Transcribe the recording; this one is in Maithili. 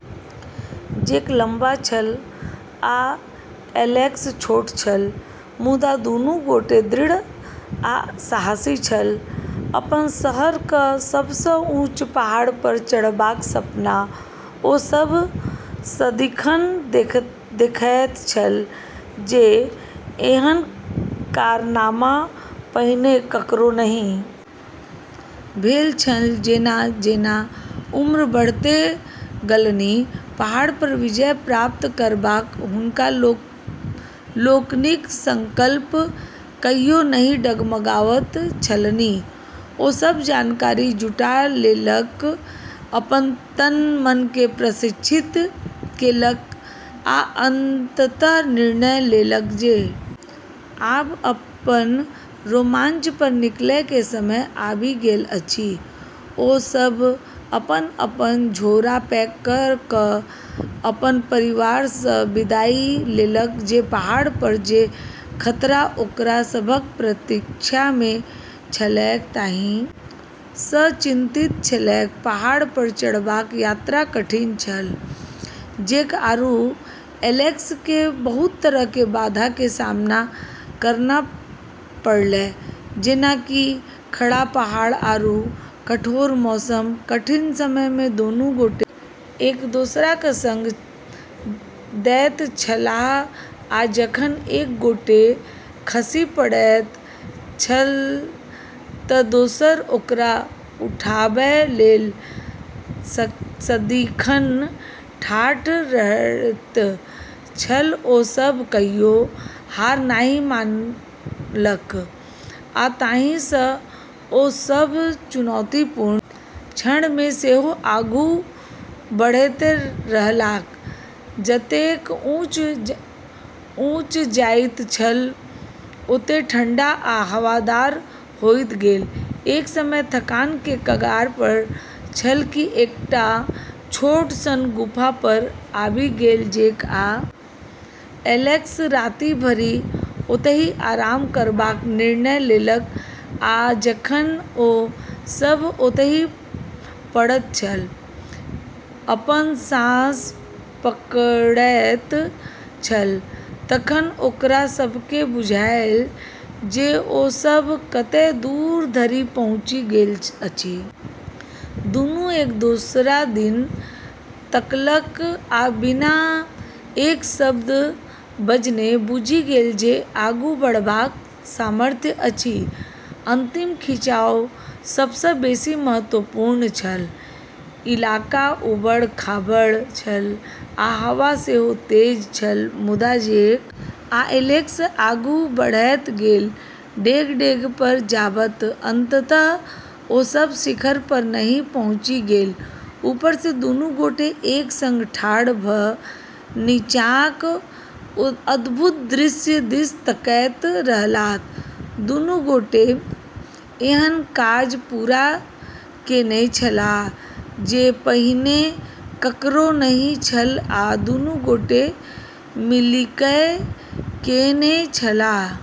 जेक लंबा छल आ एलेक्स छोट छल, मुदा दुनू गोटे दृढ़ आ साहसी छल, अपन शहरक सबसँ ऊँच पहाड़ पर चढ़बाक सपना ओ सभ सदिखन देखैत छल जे एहन कारनामा पहिने ककरो नहि भेल छल जेना-जेना उम्र बढ़ैत गेलनि, पहाड़ पर विजय प्राप्त करबाक हुनका लोकनिक संकल्प कहियो नहि डगमगाइत छलनि ओ सब जानकारी जुटा लेलक, अपन तन-मन के प्रशिक्षित केलक आ अंतत निर्णय लेलक जे आब अपन रोमांच पर निकलय के समय आबि गेल अछि ओ सभ अपन-अपन झोरा पैक क क अपन परिवार सँ विदाई लेलक जे पहाड़ पर जे खतरा ओकरा सभक प्रतीक्षा मे छलैक ताहि सँ चिंतित छलैक, पहाड़ पर चढ़बाक यात्रा कठिन छल, जेक आरू एलेक्स के बहुत तरह के बाधा के सामना करना पड़लै जेना कि खड़ा चट्टान आरू कठोर मौसम, कठिन समय मे दुनू गोटे एक दोसराक संग दैत छलाह आ जखन एक गोटे खसि पड़ैत छल त दोसर ओकरा उठाबय लेल सदिखन ठाढ़ रहैत छल ओ सभ कहियो हार नहि मानलक आ ताहि सँ ओ सभ चुनौतीपूर्ण क्षण मे सेहो आगू बढ़ैत रहलाह, जतेक ऊँच जाइत छल ओतेक ठंढा आ हवादार होइत गेल, एक समय थकान के कगार पर छल कि एकटा छोट सन गुफा पर आबि गेल जेक आ एलेक्स राति भरि ओतहि आराम करबाक निर्णय लेलक आ जखन ओ सभ ओतहि पड़ल छल, अपन साँस पकड़ैत छल तखन ओकरा सभ केँ बुझायल जे ओ सभ कतेक दूर धरि पहुँचि गेल अछि, दुनू एक दोसरा दिस तकलक आ बिना एक शब्द बजने बुझि गेल जे आगू बढ़बाक सामर्थ्य अछि, अंतिम खिंचाव सबस बेसी चुनौतीपूर्ण छल, इलाका उबड़-खाबड़ छल आ हवा सेहो तेज छल मुदा जेक आ एलेक्स आगू बढ़ैत गेल, डेग-डेग पर जाबत अंततः ओ सभ शिखर पर नहि पहुँचि गेल ऊपर मे दुनू गोटे एक संग ठाढ़ भ नीचाँक अद्भुत दृश्य दिस तकैत रहलाह, दुनू गोटे एहन काज पूरा केने छलाह जे पहिने ककरो नहि छल आ दुनू गोटे मिलिकय केने छलाह।